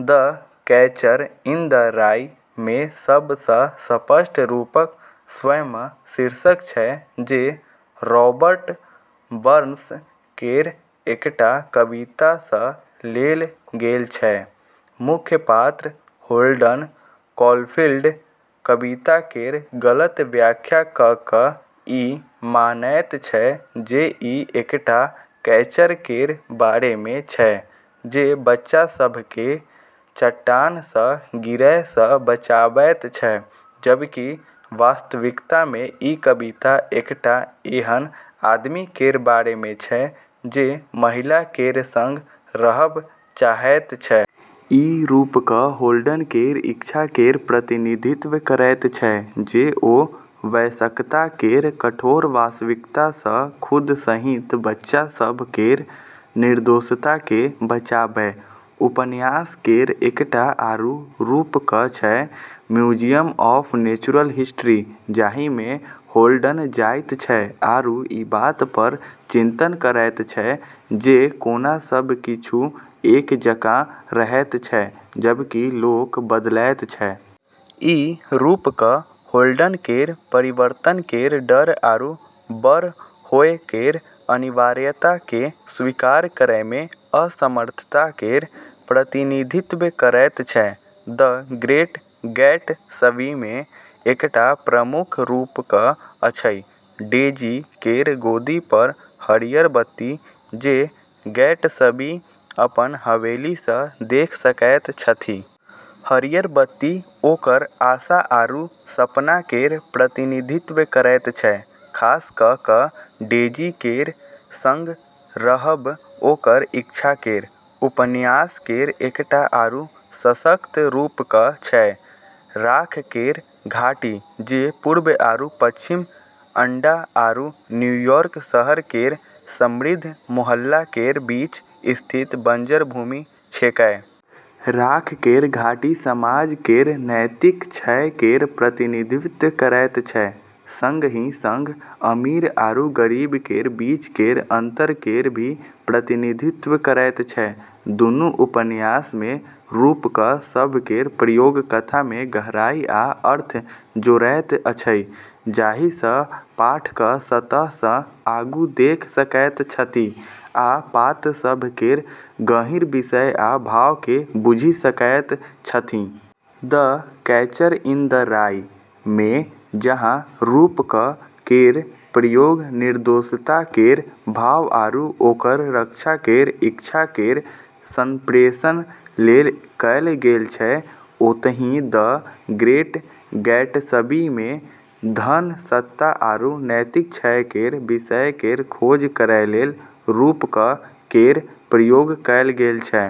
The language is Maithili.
"The Catcher in the Rye" मे सब सँ स्पष्ट रूपक स्वयं शीर्षक छै, जे रॉबर्ट बर्न्स केर एकटा कविता सँ लेल गेल छै। मुख्य पात्र होल्डन कॉलफील्ड कविता केर गलत व्याख्या कऽ कऽ ई मानैत छै जे ई एकटा कैचर केर बारे मे छै जे बच्चा सभ केँ चट्टान सँ गिरै सँ बचाबैत छै, जबकि वास्तविकता मे ई कविता एकटा एहन आदमी केर बारे मे छै जे महिला केर संग रहब चाहैत छै। ई रूपक होल्डन केर इच्छा केर प्रतिनिधित्व करैत छै जे ओ वयस्कता केर कठोर वास्तविकता सँ खुद सहित बच्चा सभ केर निर्दोषता केँ बचाबय। उपन्यास केर एकटा आरू रूपक छै म्यूजियम ऑफ नेचुरल हिस्ट्री, जाहि मे होल्डन जाइत छै आरू ई बात पर चिंतन करैत छै जे कोना सब किछु एक जकाँ रहैत छै जबकि लोक बदलैत छै। ई रूपक होल्डन केर परिवर्तन केर डर आरू बड़ होए केर अनिवार्यता केँ स्वीकार करै मे असमर्थता केर प्रतिनिधित्व करैत छै। "द ग्रेट गैट्सबी" मे एकटा प्रमुख रूपक अछि डेजी केर गोदी पर हरियर बत्ती, जे गैट्सबी अपन हवेली सँ देख सकैत छथि। हरियर बत्ती ओकर आशा आरू सपना केर प्रतिनिधित्व करैत छै, खास कऽ कऽ डेजी केर संग रहब ओकर इच्छा केर। उपन्यास केर एकटा आरू सशक्त रूपक छै राख केर घाटी, जे पूर्व आरू पश्चिमी अंडा आरू न्यूयॉर्क शहर केर समृद्ध मोहल्ला केर बीच स्थित बंजर भूमि छेकै। राख केर घाटी समाज केर नैतिक क्षय केर प्रतिनिधित्व करैत छै, संगही संग अमीर आरू गरीब केर बीच केर अंतर केर भी प्रतिनिधित्व करैत छै। दुनू उपन्यास मे रूपक सभ केर प्रयोग कथा मे गहराई आ अर्थ जोड़ैत अछि, जाहि सँ पाठक सतह सँ आगू देख सकैत छथि आ पात्र सभ केर गहींर विषय आ भाव केँ बुझि सकैत छथि। "द कैचर इन द राई" मे जहाँ रूपक केर प्रयोग निर्दोषता केर भाव आरू ओकर रक्षा केर इच्छा केर संप्रेषण लेल कएल गेल छै, ओतही "द ग्रेट गैट्सबी" मे धन, सत्ता, आरू नैतिक क्षय केर विषय केर खोज करै लेल रूपक केर प्रयोग कएल गेल छै।